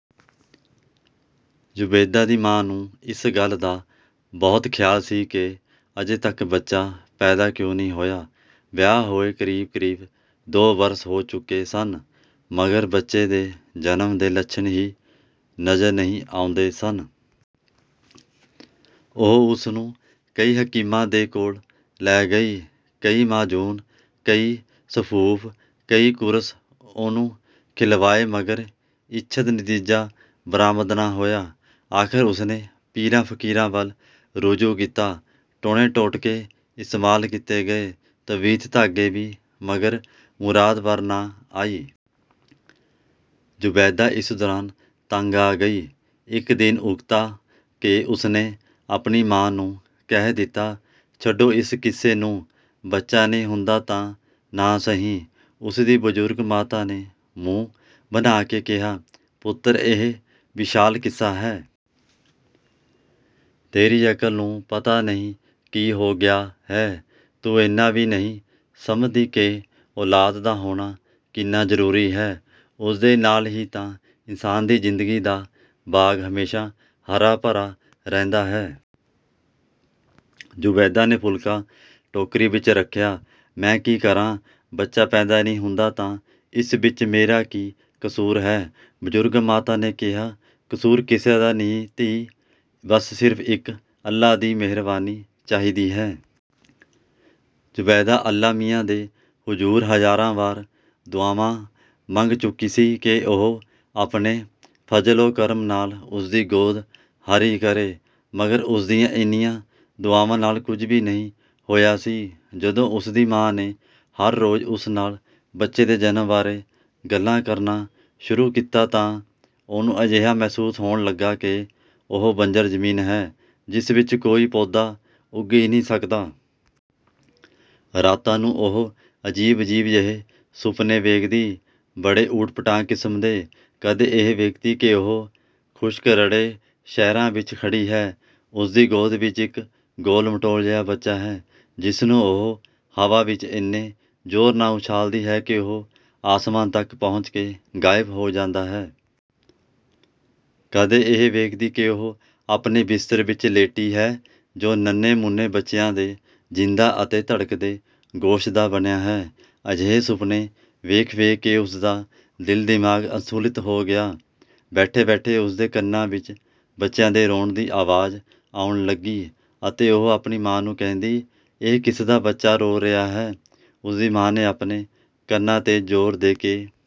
ਜ਼ੁਬੈਦਾ ਦੀ ਮਾਂ ਨੂੰ ਇਸ ਗੱਲ ਦਾ ਬਹੁਤ ਖ਼ਿਆਲ ਸੀ ਕਿ ਅਜੇ ਤੱਕ ਬੱਚਾ ਪੈਦਾ ਕਿਉਂ ਨਹੀਂ ਹੋਇਆ। ਵਿਆਹ ਹੋਏ ਕਰੀਬ-ਕਰੀਬ ਦੋ ਬਰਸ ਹੋ ਚੁੱਕੇ ਸਨ, ਮਗਰ ਬੱਚੇ ਦੇ ਜਨਮ ਦੇ ਲੱਛਣ ਹੀ ਨਜ਼ਰ ਨਹੀਂ ਆਉਂਦੇ ਸਨ। ਉਹ ਉਸਨੂੰ ਕਈ ਹਕੀਮਾਂ ਦੇ ਕੋਲ ਲੈ ਗਈ। ਕਈ ਮਾਜੂਨ, ਕਈ ਸਫੂਫ਼, ਕਈ ਕੁਰਸ ਉਹਨੂੰ ਖਿਲਵਾਏ, ਮਗਰ ਇੱਛਤ ਨਤੀਜਾ ਬਰਾਮਦ ਨਾ ਹੋਇਆ। ਆਖ਼ਰ ਉਸਨੇ ਪੀਰਾਂ-ਫ਼ਕੀਰਾਂ ਵੱਲ ਰੁਜੂ ਕੀਤਾ। ਟੂਣੇ-ਟੋਟਕੇ ਇਸਤੇਮਾਲ ਕੀਤੇ ਗਏ, ਤਵੀਤ, ਧਾਗੇ ਵੀ, ਮਗਰ ਮੁਰਾਦ ਬਰ ਨਾ ਆਈ। ਜ਼ੁਬੈਦਾ ਇਸ ਦੌਰਾਨ ਤੰਗ ਆ ਗਈ। ਇੱਕ ਦਿਨ ਉਕਤਾ ਕੇ ਉਸਨੇ ਆਪਣੀ ਮਾਂ ਨੂੰ ਕਹਿ ਦਿੱਤਾ, "ਛੱਡੋ ਇਸ ਕਿੱਸੇ ਨੂੰ, ਬੱਚਾ ਨਹੀਂ ਹੁੰਦਾ ਤਾਂ ਨਾ ਸਹੀ।" ਉਸਦੀ ਬਜ਼ੁਰਗ ਮਾਤਾ ਨੇ ਮੂੰਹ ਬਨਾ ਕੇ ਕਿਹਾ, "ਪੁੱਤਰ, ਇਹ ਵਿਸ਼ਾਲ ਕਿੱਸਾ ਹੈ। ਤੇਰੀ ਅਕਲ ਨੂੰ ਪਤਾ ਨਹੀਂ ਕੀ ਹੋ ਗਿਆ ਹੈ। ਤੂੰ ਇੰਨਾ ਵੀ ਨਹੀਂ ਸਮਝਦੀ ਕਿ ਔਲਾਦ ਦਾ ਹੋਣਾ ਕਿੰਨਾ ਜ਼ਰੂਰੀ ਹੈ। ਉਸੇ ਨਾਲ਼ ਹੀ ਤਾਂ ਇਨਸਾਨ ਦੀ ਜ਼ਿੰਦਗੀ ਦਾ ਬਾਗ਼ ਹਮੇਸ਼ਾ ਹਰਾ-ਭਰਾ ਰਹਿੰਦਾ ਹੈ।" ਜ਼ੁਬੈਦਾ ਨੇ ਫੁਲਕਾ ਟੋਕਰੀ ਵਿੱਚ ਰੱਖਿਆ, "ਮੈਂ ਕੀ ਕਰਾਂ। ਬੱਚਾ ਪੈਦਾ ਨਹੀਂ ਹੁੰਦਾ ਤਾਂ ਇਸ ਵਿੱਚ ਮੇਰਾ ਕੀ ਕਸੂਰ ਹੈ।" ਬਜ਼ੁਰਗ ਮਾਤਾ ਨੇ ਕਿਹਾ, "ਕਸੂਰ ਕਿਸੇ ਦਾ ਵੀ ਨਹੀਂ ਧੀ। ਬਸ ਸਿਰਫ਼ ਇੱਕ ਅੱਲ੍ਹਾ ਦੀ ਮਿਹਰਬਾਨੀ ਚਾਹੀਦੀ ਹੈ।" ਜ਼ੁਬੈਦਾ ਅੱਲ੍ਹਾ ਮੀਆਂ ਦੇ ਹੁਜ਼ੂਰ ਹਜ਼ਾਰਾਂ ਵਾਰ ਦੁਆਵਾਂ ਮੰਗ ਚੁੱਕੀ ਸੀ ਕਿ ਉਹ ਆਪਣੇ ਫਜ਼ਲ-ਓ-ਕਰਮ ਨਾਲ਼ ਉਸਦੀ ਗੋਦ ਹਰੀ ਕਰੇ, ਮਗਰ ਉਸਦੀਆਂ ਇਨ੍ਹਾਂ ਦੁਆਵਾਂ ਨਾਲ਼ ਕੁਝ ਵੀ ਨਹੀਂ ਹੋਇਆ ਸੀ। ਜਦੋਂ ਉਸਦੀ ਮਾਂ ਨੇ ਹਰ ਰੋਜ਼ ਉਸ ਨਾਲ਼ ਬੱਚੇ ਦੇ ਜਨਮ ਬਾਰੇ ਗੱਲਾਂ ਕਰਨਾ ਸ਼ੁਰੂ ਕੀਤਾ, ਤਾਂ ਉਹਨੂੰ ਅਜਿਹਾ ਮਹਿਸੂਸ ਹੋਣ ਲੱਗਾ ਕਿ ਉਹ ਬੰਜਰ ਜ਼ਮੀਨ ਹੈ, ਜਿਸ ਵਿੱਚ ਕੋਈ ਪੌਦਾ ਉੱਗ ਹੀ ਨਹੀਂ ਸਕਦਾ। ਰਾਤਾਂ ਨੂੰ ਉਹ ਅਜੀਬ-ਅਜੀਬ ਜਿਹੇ ਸੁਪਨੇ ਵੇਖਦੀ। ਬੜੇ ਊਟਪਟਾਂਗ ਕਿਸਮ ਦੇ। ਕਦੇ ਇਹ ਵੇਖਦੀ ਕਿ ਉਹ ਖੁਸ਼ਕ-ਰੜੇ ਸਹਿਰਾ ਵਿੱਚ ਖੜੀ ਹੈ। ਉਸਦੀ ਗੋਦ ਵਿੱਚ ਇੱਕ ਗੋਲ-ਮਟੋਲ ਜਿਹਾ ਬੱਚਾ ਹੈ, ਜਿਸ ਨੂੰ ਉਹ ਹਵਾ ਵਿੱਚ ਇੰਨੇ ਜ਼ੋਰ ਨਾਲ਼ ਉਛਾਲਦੀ ਹੈ ਕਿ ਉਹ ਅਸਮਾਨ ਤੱਕ ਪਹੁੰਚ ਕੇ ਗ਼ਾਇਬ ਹੋ ਜਾਂਦਾ ਹੈ। ਕਦੇ ਇਹ ਵੇਖਦੀ ਕਿ ਉਹ ਆਪਣੇ ਬਿਸਤਰ ਵਿੱਚ ਲੇਟੀ ਹੈ ਜੋ ਨੰਨ੍ਹੇ-ਮੁੰਨੇ ਬੱਚਿਆਂ ਦੇ ਜ਼ਿੰਦਾ ਅਤੇ ਧੜਕਦੇ ਗੋਸ਼ਤ ਦਾ ਬਣਿਆ ਹੈ। ਅਜਿਹੇ ਸੁਪਨੇ ਵੇਖ-ਵੇਖ ਕੇ ਉਸਦਾ ਦਿਲ-ਦਿਮਾਗ਼ ਅਸੰਤੁਲਿਤ ਹੋ ਗਿਆ। ਬੈਠੇ-ਬੈਠੇ ਉਸਦੇ ਕੰਨਾਂ ਵਿੱਚ ਬੱਚਿਆਂ ਦੇ ਰੋਣ ਦੀ ਆਵਾਜ਼ ਆਉਣ ਲੱਗੀ, ਅਤੇ ਉਹ ਆਪਣੀ ਮਾਂ ਨੂੰ ਕਹਿੰਦੀ, "ਇਹ ਕਿਸਦਾ ਬੱਚਾ ਰੋ ਰਿਹਾ ਹੈ?" ਉਸਦੀ ਮਾਂ ਨੇ ਆਪਣੇ ਕੰਨਾਂ ਤੇ ਜ਼ੋਰ ਦੇ ਕੇ